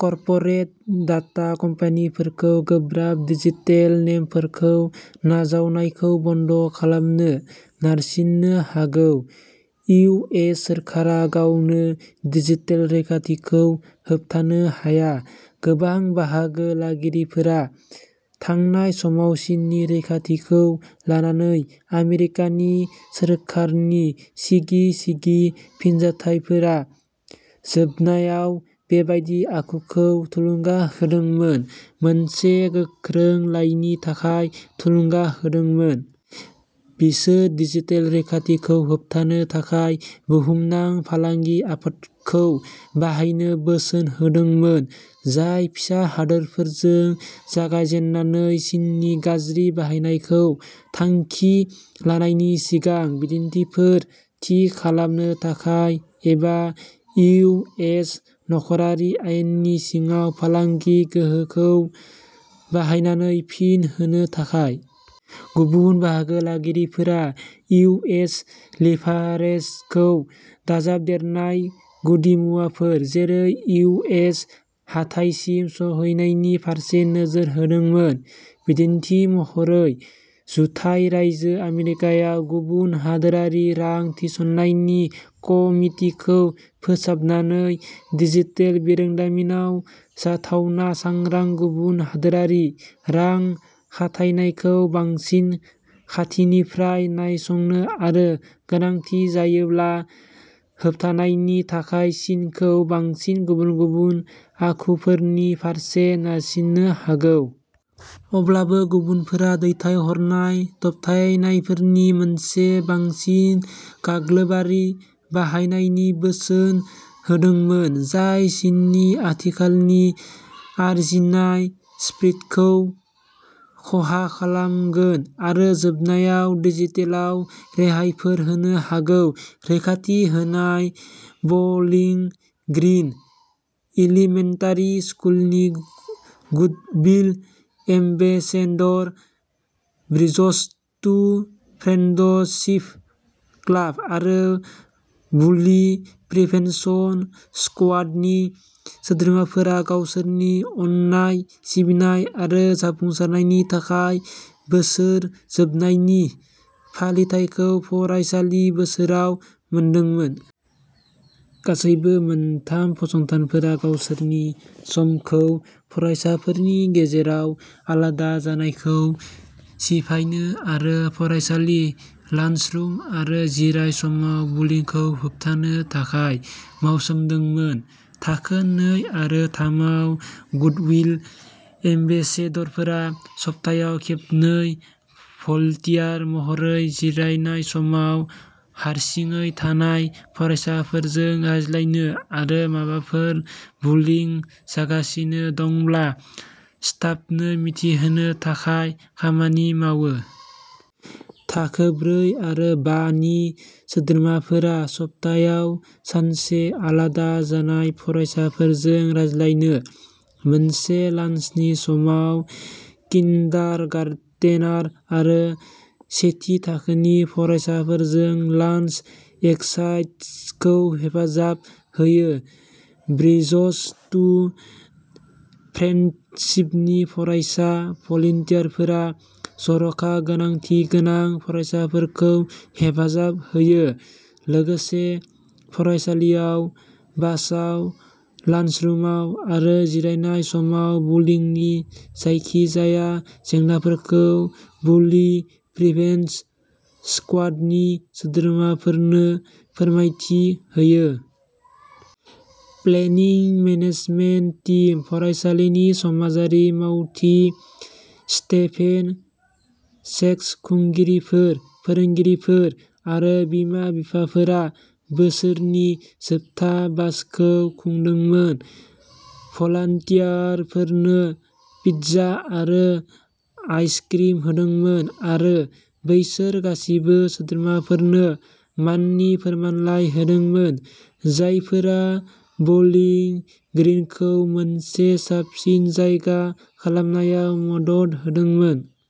Corporate data कम्पानिफोरखौ गोब्राब digital नेमफोरखौ नाजावनायखौ बन्द' खालामनो नारसिननो हागौ। इउ. एस. सोरखारा गावनो डिजिटेल रैखाथिखौ होबथानो हाया। गोबां बाहागो लागिरिफोरा, थांनाय समाव चीननि रैखाथिखौ लानानै आमेरिकानि सोरखारनि सिगि सिगि फिनजाथायफोरा जोबनायाव बेबादि आखुखौ थुलुंगा होदोंमोन, मोनसे गोख्रों लाइननि थाखाय थुलुंगा होदोंमोन। बिसोरो डिजिटेल रैखाथिखौ होबथानो थाखाय बुहुमनां फालांगि आफादखौ बाहायनो बोसोन होदोंमोन, जाय फिसा हादोरफोरजों जागायजेन्नानै चीननि गाज्रि बाहायनायखौ थांखि लानायनि सिगां बिदिन्थिफोर थि खालामनो थाखाय, एबा इउ. एस. नखरारि आयेननि सिङाव फालांगि गोहोखौ बाहायनानै फिन होनो थाखाय। गुबुन बाहागो लागिरिफोरा इउ. एस. लिभारेजखौ दाजाबदेरनाय गुदिमुवाफोर, जेरै इउ. एस. हाथाइसिम सौहैनायनि फारसे नोजोर होदोंमोन। बिदिन्थि महरै, जुथाइ रायजो आमेरिकायाव गुबुन हादोरारि रां थिसननायनि कमितिखौ फोसाबनानै, डिजिटेल बिरोंदामिनआव जाथावना सांग्रां गुबुन हादोरारि रां खाथायनायखौ बांसिन खाथिनिफ्राय नायसंनो आरो गोनांथि जायोब्ला, होबथानायनि थाखाय, चीनखौ बांसिन गुबुन गुबुन आखुफोरनि फारसे नारसिन्नो हागौ। अब्लाबो गुबुनफोरा दैथायहरनाय दबथायनायफोरनि मोनसे बांसिन गाग्लोबारि बाहायनायनि बोसोन होदोंमोन, जाय चीननि आथिखालनि आरजिनाय स्प्रीखौ खहा खालामगोन आरो जोबनायाव डिजिटेलाव रेहायफोर होनो हागौ। रैखाथि होनाय बलिं ग्रिन इलिमेन्टारि स्कुलनि goodwill ambassador, bridges to friendship club आरो बुलि प्रिभेन्सन स्क्वाडनि सोद्रोमाफोरा गावसोरनि अननाय, सिबिनाय आरो जाफुंसारनायनि थाखाय बोसोर जोबनायनि फालिथाइखौ फरायसालि बोसोराव मोनदोंमोन। गासैबो मोनथाम फसंथानफोरा गावसोरनि समखौ फरायसाफोरनि गेजेराव आलादा जानायखौ सिफायनो आरो फरायसालि, लान्सरुम आरो जिराय समाव बुलिंखौ होबथानो थाखाय मावसोमदोंमोन। थाखो नै आरो थामआव गुडविल एम्बेसेडरफोरा सप्तायाव खेबनै भलन्टियार महरै जिरायनाय समाव हारसिङै थानाय फरायसाफोरजों रायज्लायनो आरो माबाफोर बुलिं जागासिनो दंब्ला स्टाफनो मिथिहोनो थाखाय खामानि मावो। थाखो ब्रै आरो बा नि सोद्रोमाफोरा सप्तायाव सानसे आलादा जानाय फरायसाफोरजों रायज्लायनो लोगोसे लान्सनि समाव किन्डारगार्टेनार आरो सेथि थाखोनि फरायसाफोरजों लान्स एसाइड्सखौ हेफाजाब होयो। ब्रिजस टु फ्रेन्डशिपनि फरायसा भलन्टियारफोरा जर'खा गोनांथि गोनां फरायसाफोरखौ हेफाजाब होयो, लोगोसे फरायसालियाव, बासआव, लान्सरुमाव आरो जिरायनाय समाव बुलिंनि जायखिजाया जेंनाफोरखौ बुलि प्रिभेन्सन स्क्वाडनि सोद्रोमाफोरनो फोरमायथि होयो। प्लेनिं मेनेजमेन्ट टीम, फरायसालिनि समाजारि मावथि स्टेभेन सेक्स, खुंगिरिफोर, फोरोंगिरिफोर आरो बिमा बिफाफोरा बोसोरनि जोबथा बाशखौ खुंदोंमोन, भलान्टियारफोरनो पिज्जा आरो आइसक्रिम होदोंमोन आरो बैसोर गासिबो सोद्रोमाफोरनो माननि फोरमानलाइ होदोंमोन, जायफोरा बलिं ग्रिनखौ मोनसे साबसिन जायगा खालामनायाव मदद होदोंमोन।